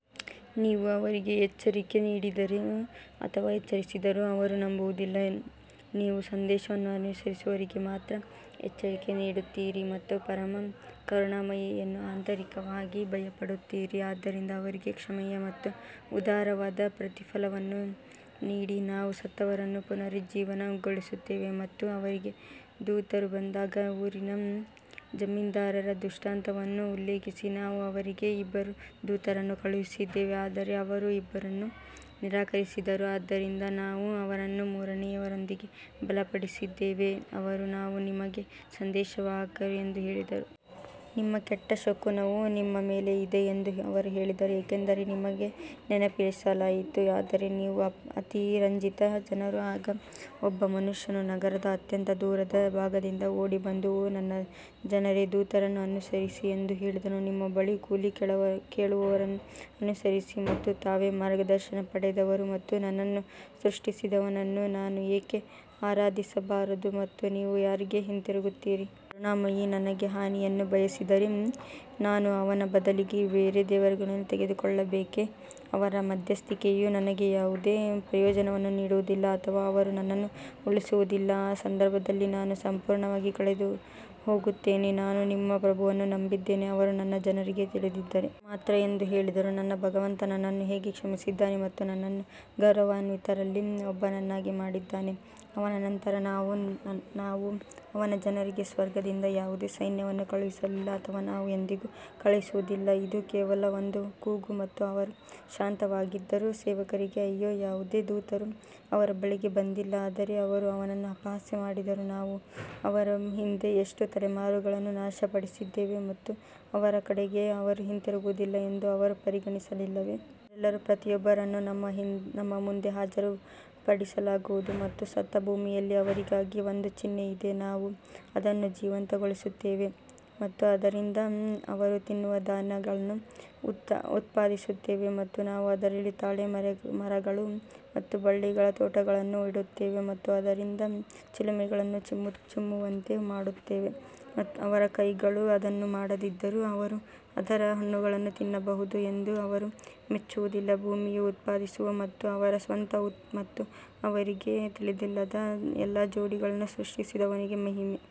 ನೀವು ಅವರಿಗೆ ಎಚ್ಚರಿಕೆ ನೀಡಿದರೂ ಅಥವಾ ಎಚ್ಚರಿಸದಿದ್ದರೂ ಅವರು ನಂಬುವುದಿಲ್ಲ ನೀವು ಸಂದೇಶವನ್ನು ಅನುಸರಿಸುವವರಿಗೆ ಮಾತ್ರ ಎಚ್ಚರಿಕೆ ನೀಡುತ್ತೀರಿ ಮತ್ತು ಪರಮ ಕರುಣಾಮಯಿಯನ್ನು ಆಂತರಿಕವಾಗಿ ಭಯಪಡುತ್ತೀರಿ ಆದ್ದರಿಂದ ಅವರಿಗೆ ಕ್ಷಮೆಯ ಮತ್ತು ಉದಾರವಾದ ಪ್ರತಿಫಲವನ್ನು ನೀಡಿ ನಾವು ಸತ್ತವರನ್ನು ಪುನರುಜ್ಜೀವನಗೊಳಿಸುತ್ತೇವೆ. ಮತ್ತು ಅವರಿಗೆ ದೂತರು ಬಂದಾಗ ಊರಿನ ಜಮೀನ್ದಾರರ ದೃಷ್ಟಾಂತವನ್ನು ಉಲ್ಲೇಖಿಸಿ ನಾವು ಅವರಿಗೆ ಇಬ್ಬರು ದೂತರನ್ನು ಕಳುಹಿಸಿದ್ದೇವೆ ಆದರೆ ಅವರು ಇಬ್ಬರನ್ನೂ ನಿರಾಕರಿಸಿದರು, ಆದ್ದರಿಂದ ನಾವು ಅವರನ್ನು ಮೂರನೆಯವರೊಂದಿಗೆ ಬಲಪಡಿಸಿದ್ದೇವೆ ಅವರು ನಾವು ನಿಮಗೆ ಸಂದೇಶವಾಹಕರು ಎಂದು ಹೇಳಿದರು. ನಿಮ್ಮ ಕೆಟ್ಟ ಶಕುನವು ನಿಮ್ಮ ಮೇಲೆ ಇದೆ ಎಂದು ಅವರು ಹೇಳಿದರು, ಏಕೆಂದರೆ ನಿಮಗೆ ನೆನಪಿಸಲಾಯಿತು ಆದರೆ ನೀವು ಅತಿರಂಜಿತ ಜನರು ಆಗ ಒಬ್ಬ ಮನುಷ್ಯನು ನಗರದ ಅತ್ಯಂತ ದೂರದ ಭಾಗದಿಂದ ಓಡಿ ಬಂದು ಓ ನನ್ನ ಜನರೇ ದೂತರನ್ನು ಅನುಸರಿಸಿ ಎಂದು ಹೇಳಿದನು ನಿಮ್ಮ ಬಳಿ ಕೂಲಿ ಕೇಳುವವರನ್ನು ಅನುಸರಿಸಿ ಮತ್ತು ತಾವೇ ಮಾರ್ಗದರ್ಶನ ಪಡೆದವರು ಮತ್ತು ನನ್ನನ್ನು ಸೃಷ್ಟಿಸಿದವನನ್ನು ನಾನು ಏಕೆ ಆರಾಧಿಸಬಾರದು ಮತ್ತು ನೀವು ಯಾರಿಗೆ ಹಿಂತಿರುಗುತ್ತೀರಿ? ಣಾಮಯಿ ನನಗೆ ಹಾನಿಯನ್ನು ಬಯಸಿದರೆ ನಾನು ಅವನ ಬದಲಿಗೆ ಬೇರೆ ದೇವರುಗಳನ್ನು ತೆಗೆದುಕೊಳ್ಳಬೇಕೇ, ಅವರ ಮಧ್ಯಸ್ಥಿಕೆಯು ನನಗೆ ಯಾವುದೇ ಪ್ರಯೋಜನವನ್ನು ನೀಡುವುದಿಲ್ಲ ಅಥವಾ ಅವರು ನನ್ನನ್ನು ಉಳಿಸುವುದಿಲ್ಲ ಆ ಸಂದರ್ಭದಲ್ಲಿ ನಾನು ಸಂಪೂರ್ಣವಾಗಿ ಕಳೆದುಹೋಗುತ್ತೇನೆ ನಾನು ನಿಮ್ಮ ಪ್ರಭುವನ್ನು ನಂಬಿದ್ದೇನೆ. ಅವರು ನನ್ನ ಜನರಿಗೆ ತಿಳಿದಿದ್ದರೆ ಮಾತ್ರ ಎಂದು ಹೇಳಿದರು ನನ್ನ ಭಗವಂತ ನನ್ನನ್ನು ಹೇಗೆ ಕ್ಷಮಿಸಿದ್ದಾನೆ ಮತ್ತು ನನ್ನನ್ನು ಗೌರವಾನ್ವಿತರಲ್ಲಿ ಒಬ್ಬನನ್ನಾಗಿ ಮಾಡಿದ್ದಾನೆ ಅವನ ನಂತರ ನಾವು ಅವನ ಜನರಿಗೆ ಸ್ವರ್ಗದಿಂದ ಯಾವುದೇ ಸೈನ್ಯವನ್ನು ಕಳುಹಿಸಲಿಲ್ಲ ಅಥವಾ ನಾವು ಎಂದಿಗೂ ಕಳುಹಿಸುವುದಿಲ್ಲ ಇದು ಕೇವಲ ಒಂದು ಕೂಗು ಮತ್ತು ಅವರು ಶಾಂತವಾಗಿದ್ದರು ಸೇವಕರಿಗೆ ಅಯ್ಯೋ, ಯಾವುದೇ ದೂತರು ಅವರ ಬಳಿಗೆ ಬಂದಿಲ್ಲ ಆದರೆ ಅವರು ಅವನನ್ನು ಅಪಹಾಸ್ಯ ಮಾಡಿದರು ನಾವು ಅವರ ಹಿಂದೆ ಎಷ್ಟು ತಲೆಮಾರುಗಳನ್ನು ನಾಶಪಡಿಸಿದ್ದೇವೆ ಮತ್ತು ಅವರ ಕಡೆಗೆ ಅವರು ಹಿಂತಿರುಗುವುದಿಲ್ಲ ಎಂದು ಅವರು ಪರಿಗಣಿಸಲಿಲ್ಲವೇ? ಅವರೆಲ್ಲರೂ ಪ್ರತಿಯೊಬ್ಬರನ್ನು ನಮ್ಮ ಮುಂದೆ ಹಾಜರುಪಡಿಸಲಾಗುವುದು ಮತ್ತು ಸತ್ತ ಭೂಮಿಯಲ್ಲಿ ಅವರಿಗಾಗಿ ಒಂದು ಚಿಹ್ನೆ ಇದೆ, ನಾವು ಅದನ್ನು ಜೀವಂತಗೊಳಿಸುತ್ತೇವೆ ಮತ್ತು ಅದರಿಂದ ಅವರು ತಿನ್ನುವ ಧಾನ್ಯಗಳನ್ನು ಉತ್ಪಾದಿಸುತ್ತೇವೆ ಮತ್ತು ನಾವು ಅದರಲ್ಲಿ ತಾಳೆ ಮರಗಳು ಮತ್ತು ಬಳ್ಳಿಗಳ ತೋಟಗಳನ್ನು ಇಡುತ್ತೇವೆ ಮತ್ತು ಅದರಿಂದ ಚಿಲುಮೆಗಳನ್ನು ಚಿಮ್ಮುವಂತೆ ಮಾಡುತ್ತೇವೆ ಅವರ ಕೈಗಳು ಅದನ್ನು ಮಾಡದಿದ್ದರೂ ಅವರು ಅದರ ಹಣ್ಣುಗಳನ್ನು ತಿನ್ನಬಹುದು ಎಂದು ಅವರು ಮೆಚ್ಚುವುದಿಲ್ಲ ಭೂಮಿಯು ಉತ್ಪಾದಿಸುವ ಮತ್ತು ಅವರ ಸ್ವಂತ ಮತ್ತು ಅವರಿಗೆ ತಿಳಿದಿಲ್ಲದ ಎಲ್ಲಾ ಜೋಡಿಗಳನ್ನು ಸೃಷ್ಟಿಸಿದವನಿಗೆ ಮಹಿಮೆ.